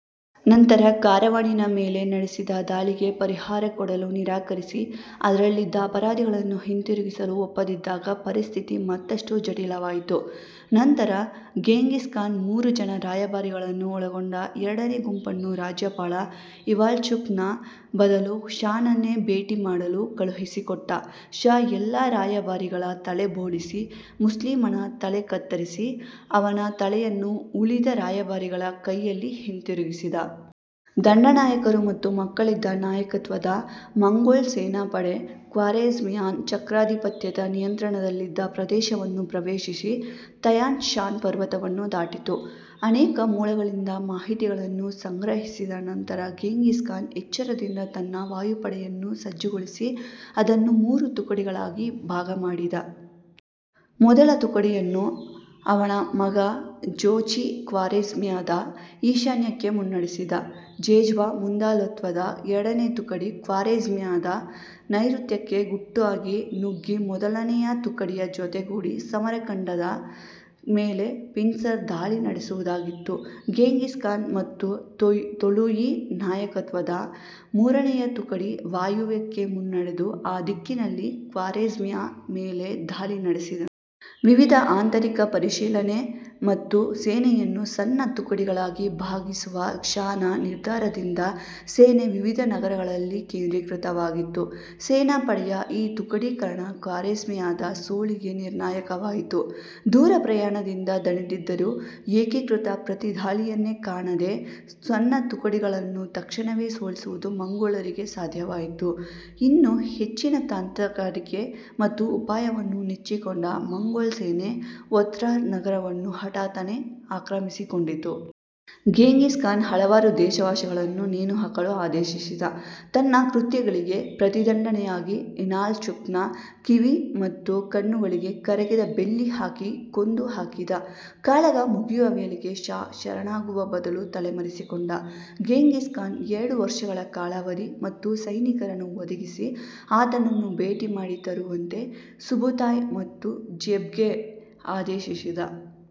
ನಂತರ ಕಾರವಾನಿನ ಮೇಲೆ ನಡೆಸಿದ ದಾಳಿಗೆ ಪರಿಹಾರ ಕೊಡಲು ನಿರಾಕರಿಸಿ ಅದರಲ್ಲಿದ್ದ ಅಪರಾಧಿಗಳನ್ನು ಹಿಂದಿರುಗಿಸಲು ಒಪ್ಪದಿದ್ದಾಗ ಪರಿಸ್ಥಿತಿ ಮತ್ತಷ್ಟು ಜಟಿಲವಾಯಿತು. ನಂತರ ಗೆಂಘಿಸ್ ಖಾನ್ ಮೂರು ಜನ ರಾಯಭಾರಿಗಳ ನ್ನು ಒಳಗೊಂಡ ಎರಡನೆ ಗುಂಪನ್ನು ರಾಜ್ಯಪಾಲ ಇವಾಲ್ಚುಕ್ನ ಬದಲು ಷಾನನ್ನೇ ಭೇಟಿ ಮಾಡಲು ಕಳುಹಿಸಿಕೊಟ್ಟ. ಷಾ ಎಲ್ಲ ರಾಯಭಾರಿಗಳ ತಲೆ ಬೋಳಿಸಿ, ಮುಸ್ಲಿಮನ ತಲೆ ಕತ್ತರಿಸಿ ಅವನ ತಲೆಯನ್ನು ಉಳಿದ ರಾಯಭಾರಿಗಳ ಕೈಯಲ್ಲಿ ಹಿಂತಿರುಗಿಸಿದ. ದಂಡ ನಾಯಕರು ಮತ್ತು ಮಕ್ಕಳಿದ್ದ ನಾಯಕತ್ವದ ಮಂಗೋಲ್ ಸೇನಾ ಪಡೆ ಖ್ವಾರೆಝ್ಮಿಯನ್ ಚಕ್ರಾಧಿಪತ್ಯದ ನಿಯಂತ್ರಣದಲ್ಲಿದ್ದ ಪ್ರದೇಶವನ್ನು ಪ್ರವೇಶಿಸಿ ತೈಯನ್ ಶಾನ್ ಪರ್ವತವನ್ನು ದಾಟಿತು. ಅನೇಕ ಮೂಲಗಳಿಂದ ಮಾಹಿತಿಗಳನ್ನು ಸಂಗ್ರಹಿಸಿದ ನಂತರ ಗೆಂಘಿಸ್ ಖಾನ್ ಎಚ್ಚರದಿಂದ ತನ್ನ ಸೇನಾಪಡೆಯನ್ನು ಸಜ್ಜುಗೊಳಿಸಿ ಅದನ್ನು ಮೂರು ತುಕಡಿಗಳಾಗಿ ಭಾಗ ಮಾಡಿದ. ಮೊದಲ ತುಕಡಿಯನ್ನು ಅವನ ಮಗ ಜೋಚಿ ಖ್ವಾರೆಝ್ಮಿಯಾದ ಈಶಾನ್ಯಕ್ಕೆ ಮುನ್ನಡೆಸಿದ. ಜೆಬ್ನ ಮುಂದಾಳತ್ವದ ಎರಡನೇ ತುಕಡಿ ಖ್ವಾರೆಝ್ಮಿಯಾ ದ ನೈರುತ್ಯಕ್ಕೆ ಗುಟ್ಟಾಗಿ ನುಗ್ಗಿ ಮೊದಲನೆ ತುಕಡಿಯ ಜೊತೆಗೂಡಿ ಸಮರಕಂಡದ ಮೇಲೆ ಪಿನ್ಸರ್ ದಾಳಿ ನಡೆಸುವುದಾಗಿತ್ತು. ಗೆಂಘಿಸ್ ಖಾನ್ ಮತ್ತು ತೊಲೂಯಿ ನಾಯಕತ್ವದ ಮೂರನೆಯ ತುಕಡಿ ವಾಯುವ್ಯಕ್ಕೆ ಮುನ್ನಡೆದು ಆ ದಿಕ್ಕಿನಿಂದ ಖ್ವಾರೆಝ್ಮಿಯಾ ಮೇಲೆ ದಾಳಿ ನಡೆಸಿದನು. ವಿವಿಧ ಆಂತರಿಕ ಪರಿಶೀಲನೆ ಮತ್ತು ಸೇನೆಯನ್ನು ಸಣ್ಣ ತುಕಡಿಗಳಾಗಿ ಭಾಗಿಸುವ ಷಾನ ನಿರ್ಧಾರದಿಂದ ಸೇನೆ ವಿವಿಧ ನಗರಗಳಲ್ಲಿ ಕೇಂದ್ರೀಕೃತವಾಗಿತ್ತು. ಸೇನಾಪಡೆಯ ಈ ತುಕಡೀಕರಣ ಖ್ವಾರೆಝ್ಮಿಯಾದ ಸೋಲಿಗೆ ನಿರ್ಣಾಯಕವಾಯಿತು. ದೂರಪ್ರಯಾಣದಿಂದ ದಣಿದಿದ್ದರೂ ಏಕೀಕೃತ ಪ್ರತಿ ದಾಳಿಯನ್ನೇ ಕಾಣದೇ ಸಣ್ಣ ತುಕಡಿಗಳಾನ್ನು ತಕ್ಷಣವೇ ಸೋಲಿಸುವುದು ಮಂಗೋಲರಿಗೆ ಸಾಧ್ಯವಾಯಿತು. ಇನ್ನೂ ಹೆಚ್ಚಿನ ತಂತ್ರಗಾರಿಕೆ ಮತ್ತು ಉಪಾಯವನ್ನು ನೆಚ್ಚಿಕೊಂಡ ಮಂಗೋಲ್ ಸೇನೆ ಒತ್ರಾರ್ ನಗರವನ್ನು ಹಠಾತ್ತನೆ ಆಕ್ರಮಿಸಿಕೊಂಡಿತು. ಗೆಂಘಿಸ್ ಖಾನ್ ಹಲವಾರು ದೇಶವಾಸಿಗಳಾನ್ನು ನೇಣುಹಾಕಲು ಆದೇಶಿಸಿದ, ತನ್ನ ಕೃತ್ಯಗಳಿಗೆ ಪ್ರತಿದಂಡನೆಯಾಗಿ ಇನಾಲ್ಚುಖ್ನ ಕಿವಿ ಮತ್ತು ಕಣ್ಣುಗಳಿಗೆ ಕರಗಿದ ಬೆಳ್ಳಿ ಹಾಕಿ ಕೊಂದು ಹಾಕಿದ. ಕಾಳಗ ಮುಗಿಯುವ ವೇಳೆಗೆ ಷಾ ಶರಣಾಗುವ ಬದಲು ತಲೆಮರೆಸಿಕೊಂಡ. ಗೆಂಘಿಸ್ ಖಾನ್ ಎರಡು ವರ್ಷಗಳ ಕಾಲಾವಧಿ ಮತ್ತು ಸೈನಿಕರನ್ನು ಒದಗಿಸಿ ಆತನನ್ನು ಭೇಟಿಮಾಡಿ ತರುವಂತೆ ಸುಬುತಾಯ್ ಮತ್ತು ಜೆಬ್ಗೆ ಆದೇಶಿಸಿದ.